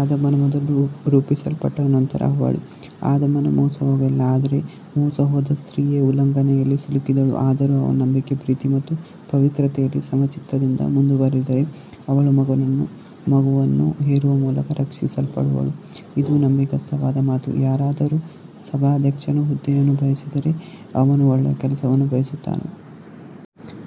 ಆದಾಮನು ಮೊದಲು ರೂಪಿಸಲ್ಪಟ್ಟನು, ನಂತರ ಹವ್ವಳು. ಆದಾಮನು ಮೋಸಹೋಗಲಿಲ್ಲ, ಆದರೆ ಮೋಸಹೋದ ಸ್ತ್ರೀಯೇ ಉಲ್ಲಂಘನೆಯಲ್ಲಿ ಸಿಲುಕಿದಳು. ಆದರೂ ಅವರು ನಂಬಿಕೆ, ಪ್ರೀತಿ ಮತ್ತು ಪವಿತ್ರತೆಯಲ್ಲಿ ಸಮಚಿತ್ತದಿಂದ ಮುಂದುವರಿದರೆ, ಅವಳು ಮಗುವನ್ನು ಹೆರುವ ಮೂಲಕ ರಕ್ಷಿಸಲ್ಪಡುವಳು. ಇದು ನಂಬಿಗಸ್ತವಾದ ಮಾತು. ಯಾರಾದರೂ ಸಭಾಧ್ಯಕ್ಷನ ಹುದ್ದೆಯನ್ನು ಬಯಸಿದರೆ, ಅವನು ಒಳ್ಳೆಯ ಕೆಲಸವನ್ನು ಬಯಸುತ್ತಾನೆ.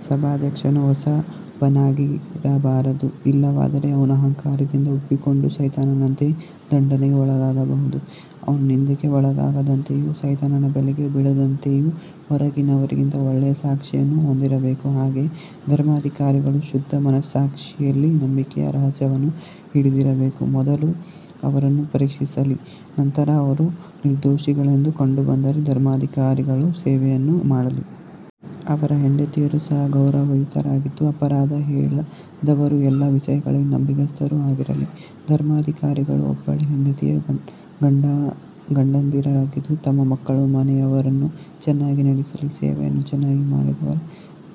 ಸಭಾಧ್ಯಕ್ಷನು ಹೊಸಬನಾಗಿರಬಾರದು, ಇಲ್ಲವಾದರೆ ಅವನು ಅಹಂಕಾರದಿಂದ ಉಬ್ಬಿಕೊಂಡು ಸೈತಾನನಂತೆ ದಂಡನೆಗೆ ಒಳಗಾಗಬಹುದು. ಅವನು ನಿಂದೆಗೆ ಒಳಗಾಗದಂತೆಯೂ ಸೈತಾನನ ಬಲೆಗೆ ಬೀಳದಂತೆಯೂ ಹೊರಗಿನವರಿಂದ ಒಳ್ಳೆಯ ಸಾಕ್ಷಿಯನ್ನು ಹೊಂದಿರಬೇಕು. ಹಾಗೆಯೇ ಧರ್ಮಾಧಿಕಾರಿಗಳು ಶುದ್ಧ ಮನಸ್ಸಾಕ್ಷಿಯಲ್ಲಿ ನಂಬಿಕೆಯ ರಹಸ್ಯವನ್ನು ಹಿಡಿದಿರಬೇಕು. ಮೊದಲು ಅವರನ್ನು ಪರೀಕ್ಷಿಸಲಿ, ನಂತರ ಅವರು ನಿರ್ದೋಷಿಗಳೆಂದು ಕಂಡುಬಂದರೆ ಧರ್ಮಾಧಿಕಾರಿಗಳ ಸೇವೆಯನ್ನು ಮಾಡಲಿ. ಅವರ ಹೆಂಡತಿಯರು ಸಹ ಗೌರವಯುತರಾಗಿದ್ದು, ಅಪವಾದ ಹೇಳದವರೂ ಎಲ್ಲ ವಿಷಯಗಳಲ್ಲಿ ನಂಬಿಗಸ್ತರೂ ಆಗಿರಲಿ. ಧರ್ಮಾಧಿಕಾರಿಗಳು ಒಬ್ಬಳೇ ಹೆಂಡತಿಯ ಗಂಡಂದಿರಾಗಿದ್ದು, ತಮ್ಮ ಮಕ್ಕಳನ್ನೂ ಮನೆಯವರನ್ನೂ ಚೆನ್ನಾಗಿ ನಡೆಸಲಿ. ಸೇವೆಯನ್ನು ಚೆನ್ನಾಗಿ ಮಾಡಿದವರು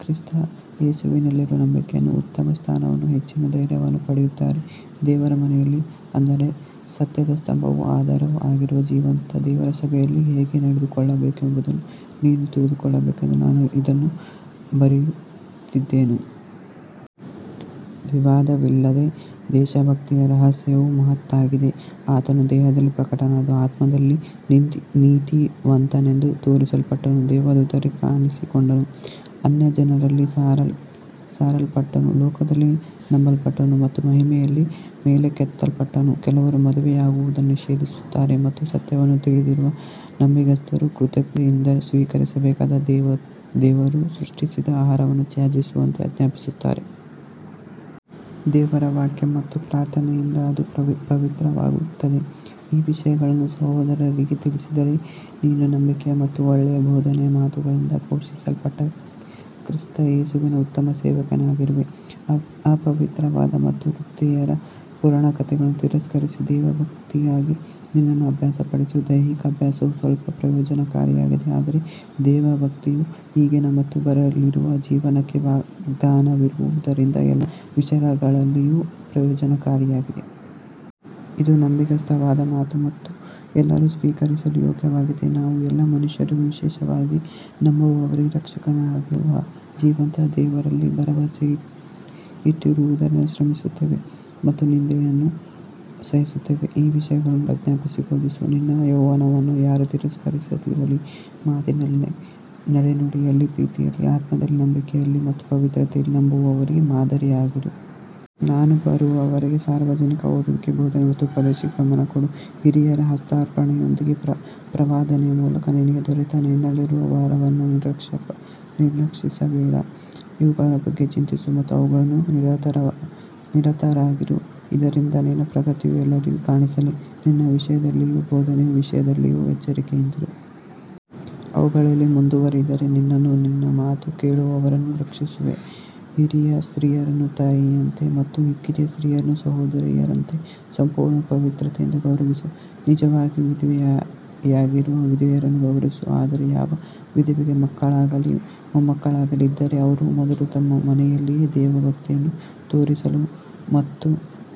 ಕ್ರಿಸ್ತ ಯೇಸುವಿನಲ್ಲಿರುವ ನಂಬಿಕೆಯಲ್ಲಿ ಉತ್ತಮ ಸ್ಥಾನವನ್ನೂ ಹೆಚ್ಚಿನ ಧೈರ್ಯವನ್ನೂ ಪಡೆಯುತ್ತಾರೆ. ದೇವರ ಮನೆಯಲ್ಲಿ, ಅಂದರೆ ಸತ್ಯದ ಸ್ತಂಭವೂ ಆಧಾರವೂ ಆಗಿರುವ ಜೀವಂತ ದೇವರ ಸಭೆಯಲ್ಲಿ, ಹೇಗೆ ನಡೆದುಕೊಳ್ಳಬೇಕು ಎಂಬುದನ್ನು ನೀನು ತಿಳಿದುಕೊಳ್ಳಬೇಕೆಂದು ನಾನು ಇದನ್ನು ಬರೆಯುತ್ತಿದ್ದೇನೆ. ವಿವಾದವಿಲ್ಲದೆ ದೇವಭಕ್ತಿಯ ರಹಸ್ಯವು ಮಹತ್ತಾಗಿದೆ. ಆತನು ದೇಹದಲ್ಲಿ ಪ್ರಕಟನಾದನು, ಆತ್ಮದಲ್ಲಿ ನೀತಿವಂತನೆಂದು ತೋರಿಸಲ್ಪಟ್ಟನು, ದೇವದೂತರಿಗೆ ಕಾಣಿಸಿಕೊಂಡನು, ಅನ್ಯಜನರಲ್ಲಿ ಸಾರಲ್ಪಟ್ಟನು, ಲೋಕದಲ್ಲಿ ನಂಬಲ್ಪಟ್ಟನು ಮತ್ತು ಮಹಿಮೆಯಲ್ಲಿ ಮೇಲಕ್ಕೆತ್ತಲ್ಪಟ್ಟನು. ಕೆಲವರು ಮದುವೆಯಾಗುವುದನ್ನು ನಿಷೇಧಿಸುತ್ತಾರೆ ಮತ್ತು ಸತ್ಯವನ್ನು ತಿಳಿದಿರುವ ನಂಬಿಗಸ್ತರು ಕೃತಜ್ಞತೆಯಿಂದ ಸ್ವೀಕರಿಸಬೇಕಾದ ದೇವರು ಸೃಷ್ಟಿಸಿದ ಆಹಾರವನ್ನು ತ್ಯಜಿಸುವಂತೆ ಆಜ್ಞಾಪಿಸುತ್ತಾರೆ. ದೇವರ ವಾಕ್ಯ ಮತ್ತು ಪ್ರಾರ್ಥನೆಯಿಂದ ಅದು ಪವಿತ್ರವಾಗುತ್ತದೆ. ಈ ವಿಷಯಗಳನ್ನು ಸಹೋದರರಿಗೆ ತಿಳಿಸಿದರೆ, ನೀನು ನಂಬಿಕೆಯ ಮತ್ತು ಒಳ್ಳೆಯ ಬೋಧನೆಯ ಮಾತುಗಳಿಂದ ಪೋಷಿಸಲ್ಪಟ್ಟ ಕ್ರಿಸ್ತ ಯೇಸುವಿನ ಉತ್ತಮ ಸೇವಕನಾಗಿರುವೆ. ಅಪವಿತ್ರವಾದ ಮತ್ತು ವೃದ್ಧೆಯರ ಪುರಾಣಕಥೆಗಳನ್ನು ತಿರಸ್ಕರಿಸಿ, ದೇವಭಕ್ತಿಗಾಗಿ ನಿನ್ನನ್ನು ಅಭ್ಯಾಸಪಡಿಸು. ದೈಹಿಕ ಅಭ್ಯಾಸವು ಸ್ವಲ್ಪ ಪ್ರಯೋಜನಕಾರಿಯಾಗಿದೆ, ಆದರೆ ದೇವಭಕ್ತಿಯು ಈಗಿನ ಮತ್ತು ಬರಲಿರುವ ಜೀವನಕ್ಕೆ ವಾಗ್ದಾನವಿರುವುದರಿಂದ ಎಲ್ಲ ವಿಷಯಗಳಲ್ಲಿಯೂ ಪ್ರಯೋಜನಕಾರಿಯಾಗಿದೆ. ಇದು ನಂಬಿಗಸ್ತವಾದ ಮಾತು ಮತ್ತು ಎಲ್ಲರೂ ಸ್ವೀಕರಿಸಲು ಯೋಗ್ಯವಾಗಿದೆ. ನಾವು ಎಲ್ಲ ಮನುಷ್ಯರಿಗೂ, ವಿಶೇಷವಾಗಿ ನಂಬುವವರಿಗೆ ರಕ್ಷಕನಾಗಿರುವ ಜೀವಂತ ದೇವರಲ್ಲಿ ಭರವಸೆಯಿಟ್ಟಿರುವುದರಿಂದ ಶ್ರಮಿಸುತ್ತೇವೆ ಮತ್ತು ನಿಂದೆಯನ್ನು ಸಹಿಸುತ್ತೇವೆ. ಈ ವಿಷಯಗಳನ್ನು ಆಜ್ಞಾಪಿಸಿ ಬೋಧಿಸು. ನಿನ್ನ ಯೌವನವನ್ನು ಯಾರೂ ತಿರಸ್ಕರಿಸದಿರಲಿ. ಮಾತಿನಲ್ಲಿ, ನಡೆನುಡಿಯಲ್ಲಿ, ಪ್ರೀತಿಯಲ್ಲಿ, ಆತ್ಮದಲ್ಲಿ, ನಂಬಿಕೆಯಲ್ಲಿ ಮತ್ತು ಪವಿತ್ರತೆಯಲ್ಲಿ ನಂಬುವವರಿಗೆ ಮಾದರಿಯಾಗಿರು. ನಾನು ಬರುವವರೆಗೆ ಸಾರ್ವಜನಿಕ ಓದುವಿಕೆ, ಬೋಧನೆ ಮತ್ತು ಉಪದೇಶಕ್ಕೆ ಗಮನಕೊಡು. ಹಿರಿಯರ ಹಸ್ತಾರ್ಪಣೆಯೊಂದಿಗೆ ಪ್ರವಾದನೆಯ ಮೂಲಕ ನಿನಗೆ ದೊರೆತ ನಿನ್ನಲ್ಲಿರುವ ವರವನ್ನು ನಿರ್ಲಕ್ಷಿಸಬೇಡ. ಇವುಗಳ ಬಗ್ಗೆ ಚಿಂತಿಸು ಮತ್ತು ಅವುಗಳಲ್ಲಿ ನಿರತರಾಗಿರು, ಇದರಿಂದ ನಿನ್ನ ಪ್ರಗತಿಯು ಎಲ್ಲರಿಗೂ ಕಾಣಿಸಲಿ. ನಿನ್ನ ವಿಷಯದಲ್ಲಿಯೂ ಬೋಧನೆಯ ವಿಷಯದಲ್ಲಿಯೂ ಎಚ್ಚರಿಕೆಯಿಂದಿರು. ಅವುಗಳಲ್ಲಿ ಮುಂದುವರಿದರೆ ನಿನ್ನನ್ನೂ ನಿನ್ನ ಮಾತು ಕೇಳುವವರನ್ನೂ ರಕ್ಷಿಸುವೆ. ಹಿರಿಯ ಸ್ತ್ರೀಯರನ್ನು ತಾಯಿಯಂತೆ ಮತ್ತು ಕಿರಿಯ ಸ್ತ್ರೀಯರನ್ನು ಸಹೋದರಿಯರಂತೆ ಸಂಪೂರ್ಣ ಪವಿತ್ರತೆಯಿಂದ ಗೌರವಿಸು. ನಿಜವಾಗಿಯೂ ವಿಧವೆಯಾಗಿರುವ ವಿಧವೆಯರನ್ನು ಗೌರವಿಸು. ಆದರೆ ಯಾವ ವಿಧವೆಗೆ ಮಕ್ಕಳಾಗಲಿ ಮೊಮ್ಮಕ್ಕಳಾಗಲಿ ಇದ್ದರೆ, ಅವರು ಮೊದಲು ತಮ್ಮ ಮನೆಯಲ್ಲಿಯೇ ದೇವಭಕ್ತಿಯನ್ನು ತೋರಿಸಲು ಮತ್ತು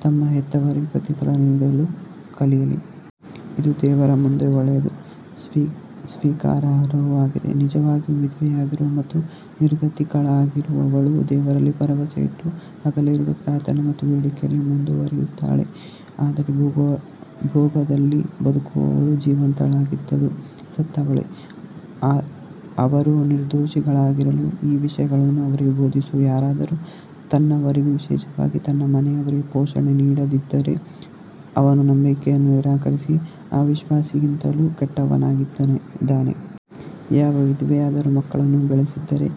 ತಮ್ಮ ಹೆತ್ತವರಿಗೆ ಪ್ರತಿಫಲ ನೀಡಲು ಕಲಿಯಲಿ. ಇದು ದೇವರ ಮುಂದೆ ಒಳ್ಳೆಯದೂ ಸ್ವೀಕಾರಾರ್ಹವೂ ಆಗಿದೆ. ನಿಜವಾಗಿಯೂ ವಿಧವೆಯಾಗಿರುವ ಮತ್ತು ನಿರ್ಗತಿಕಳಾಗಿರುವವಳು ದೇವರಲ್ಲಿ ಭರವಸೆಯಿಟ್ಟು ಹಗಲಿರುಳು ಪ್ರಾರ್ಥನೆ ಮತ್ತು ಬೇಡಿಕೆಯಲ್ಲಿ ಮುಂದುವರಿಯುತ್ತಾಳೆ. ಆದರೆ ಭೋಗದಲ್ಲಿ ಬದುಕುವವಳು ಜೀವಂತಳಾಗಿದ್ದರೂ ಸತ್ತವಳೇ. ಅವರು ನಿರ್ದೋಷಿಗಳಾಗಿರಲು ಈ ವಿಷಯಗಳನ್ನು ಅವರಿಗೆ ಬೋಧಿಸು. ಯಾರಾದರೂ ತನ್ನವರಿಗೂ ವಿಶೇಷವಾಗಿ ತನ್ನ ಮನೆಯವರಿಗೂ ಪೋಷಣೆ ನೀಡದಿದ್ದರೆ, ಅವನು ನಂಬಿಕೆಯನ್ನು ನಿರಾಕರಿಸಿ ಅವಿಶ್ವಾಸಿಗಿಂತಲೂ ಕೆಟ್ಟವನಾಗಿದ್ದಾನೆ. ಯಾವ ವಿಧವೆಯಾದರೂ ಮಕ್ಕಳನ್ನು ಬೆಳೆಸಿದ್ದರೆ,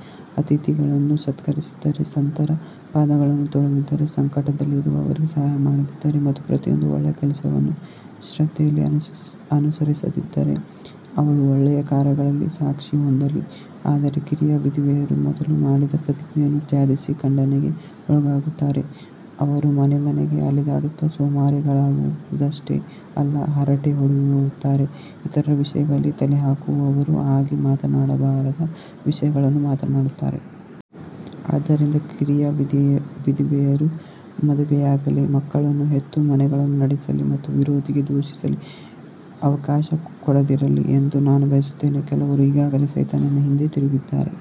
ಅತಿಥಿಗಳನ್ನು ಸತ್ಕರಿಸಿದ್ದರೆ, ಸಂತರ ಪಾದಗಳನ್ನು ತೊಳೆದಿದ್ದರೆ, ಸಂಕಟದಲ್ಲಿರುವವರಿಗೆ ಸಹಾಯಮಾಡಿದ್ದರೆ ಮತ್ತು ಪ್ರತಿಯೊಂದು ಒಳ್ಳೆಯ ಕೆಲಸವನ್ನು ಶ್ರದ್ಧೆಯಿಂದ ಅನುಸರಿಸಿದ್ದರೆ, ಅವಳು ಒಳ್ಳೆಯ ಕಾರ್ಯಗಳಿಗಾಗಿ ಸಾಕ್ಷಿ ಹೊಂದಲಿ. ಆದರೆ ಕಿರಿಯ ವಿಧವೆಯರು ಮೊದಲು ಮಾಡಿದ ಪ್ರತಿಜ್ಞೆಯನ್ನು ತ್ಯಜಿಸಿ ಖಂಡನೆಗೆ ಒಳಗಾಗುತ್ತಾರೆ. ಅವರು ಮನೆಮನೆಗೆ ಅಲೆದಾಡುತ್ತಾ ಸೋಮಾರಿಗಳಾಗುವುದಷ್ಟೇ ಅಲ್ಲ, ಹರಟೆ ಹೊಡೆಯುವವರೂ ಇತರರ ವಿಷಯಗಳಲ್ಲಿ ತಲೆಹಾಕುವವರೂ ಆಗಿ ಮಾತನಾಡಬಾರದ ವಿಷಯಗಳನ್ನು ಮಾತನಾಡುತ್ತಾರೆ. ಆದ್ದರಿಂದ ಕಿರಿಯ ವಿಧವೆಯರು ಮದುವೆಯಾಗಲಿ, ಮಕ್ಕಳನ್ನು ಹೆತ್ತು, ಮನೆಗಳನ್ನು ನಡೆಸಲಿ ಮತ್ತು ವಿರೋಧಿಗೆ ದೂಷಿಸಲು ಅವಕಾಶ ಕೊಡದಿರಲಿ ಎಂದು ನಾನು ಬಯಸುತ್ತೇನೆ. ಕೆಲವರು ಈಗಾಗಲೇ ಸೈತಾನನ ಹಿಂದೆ ತಿರುಗಿದ್ದಾರೆ.